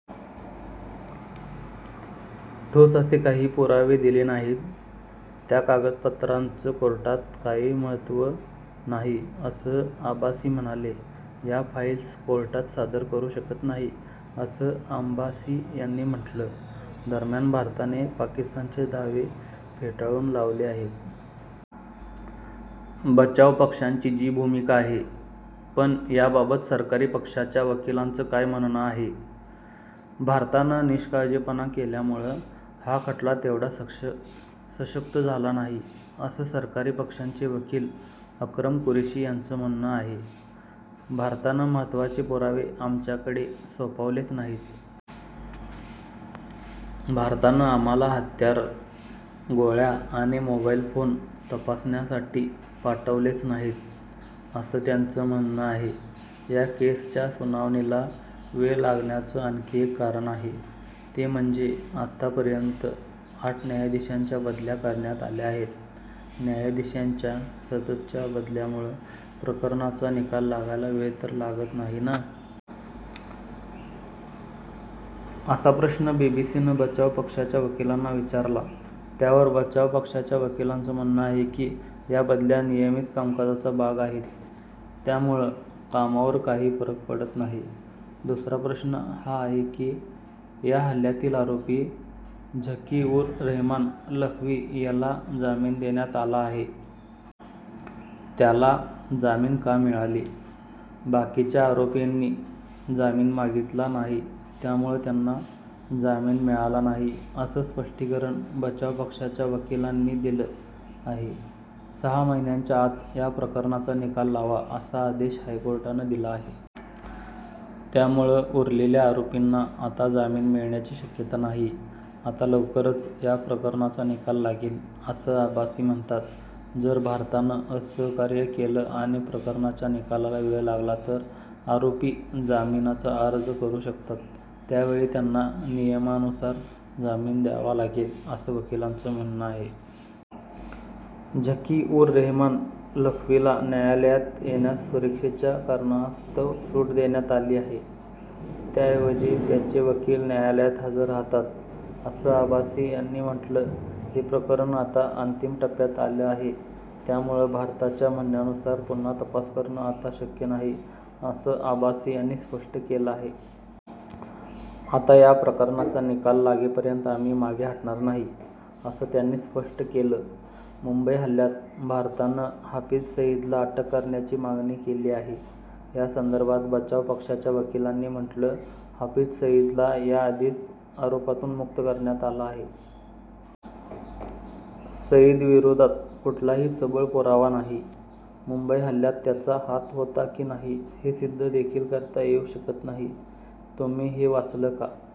ठोस असे काही पुरावे दिले नाहीत. त्या कागदपत्रांचं कोर्टात काही महत्त्व नाही असं अब्बासी म्हणाले. या फाइल्स कोर्टात सादर करू शकत नाही असं अब्बासी यांनी म्हटलं. दरम्यान भारताने पाकिस्तानचे दावे फेटाळून लावले आहेत. बचाव पक्षांची जी भूमिका आहे. पण याबाबत सरकारी पक्षाच्या वकिलांचं काय म्हणणं आहे? भारतानं निष्काळजीपणा केल्यामुळं हा खटला तेवढा सशक्त झाला नाही असं सरकारी पक्षाचे वकील अक्रम कुरेशी यांचं म्हणणं आहे. भारतानं महत्त्वाचे पुरावे आमच्याकडं सोपवलेच नाहीत. भारतानं आम्हाला हत्यारं, गोळ्या आणि मोबाइल फोन तपासण्यासाठी पाठवलेच नाहीत असं त्यांचं म्हणणं आहे. या केसच्या सुनावणीला वेळ लागण्याचं आणखी एक कारण आहे. ते म्हणजे आतापर्यंत आठ न्यायाधीशांच्या बदल्या करण्यात आल्या आहेत. न्यायाधीशांच्या सततच्या बदल्यांमुळं प्रकरणाचा निकाल लागायला वेळ तर लागत नाही ना? असा प्रश्न बीबीसीनं बचाव पक्षाच्या वकिलांना विचारला. त्यावर बचाव पक्षाच्या वकिलांचं म्हणणं आहे, की या बदल्या नियमित कामकाजाचा भाग आहेत. त्यामुळं कामावर काही फरक पडत नाही. दुसरा प्रश्न हा आहे, की या हल्ल्यातील आरोपी झकी-उर-रेहमान लखवी याला जामीन देण्यात आला आहे. त्याला जामीन का मिळाला? बाकीच्या आरोपींनी जामीन मागितला नाही. त्यामुळं त्यांना जामीन मिळाला नाही असं स्पष्टीकरण बचाव पक्षाच्या वकिलांनी दिलं आहे. सहा महिन्यांच्या आत या प्रकरणाचा निकाल लावा असा आदेश हायकोर्टानं दिला आहे. त्यामुळं उरलेल्या आरोपींना आता जामीन मिळण्याची शक्यता नाही. आता लवकरच या प्रकरणाचा निकाल लागेल असं अब्बासी म्हणतात. जर भारतानं असहकार्य केलं आणि प्रकरणाच्या निकालाला वेळ लागला तर आरोपी जामीनाचा अर्ज करू शकतात. त्यावेळी त्यांना नियमानुसार जामीन द्यावा लागेल असं वकिलांचं म्हणणं आहे. झकी-उर-रेहमान लखवीला न्यायालयात येण्यास सुरक्षेच्या कारणास्तव सूट देण्यात आली आहे. त्याऐवजी त्याचे वकील न्यायालयात हजर राहतात असं अब्बासी यांनी म्हटलं. हे प्रकरण आता अंतिम टप्प्यात आलं आहे, त्यामुळं भारताच्या म्हणण्यानुसार पुन्हा तपास करणं आता शक्य नाही असं अब्बासी यांनी स्पष्ट केलं. आता या प्रकरणाचा निकाल लागेपर्यंत आम्ही मागे हटणार नाही असं त्यांनी स्पष्ट केलं. मुंबई हल्ल्यात भारतानं हाफिज सईदला अटक करण्याची मागणी केली आहे. या संदर्भात बचाव पक्षाच्या वकिलांनी म्हटलं हाफिज सईदला याआधीच आरोपातून मुक्त करण्यात आलं आहे. सईदविरोधात कुठलाही सबळ पुरावा नाही. मुंबई हल्ल्यात त्याचा हात होता की नाही हे सिद्ध देखील करता येऊ शकत नाही. तुम्ही हे वाचलं का?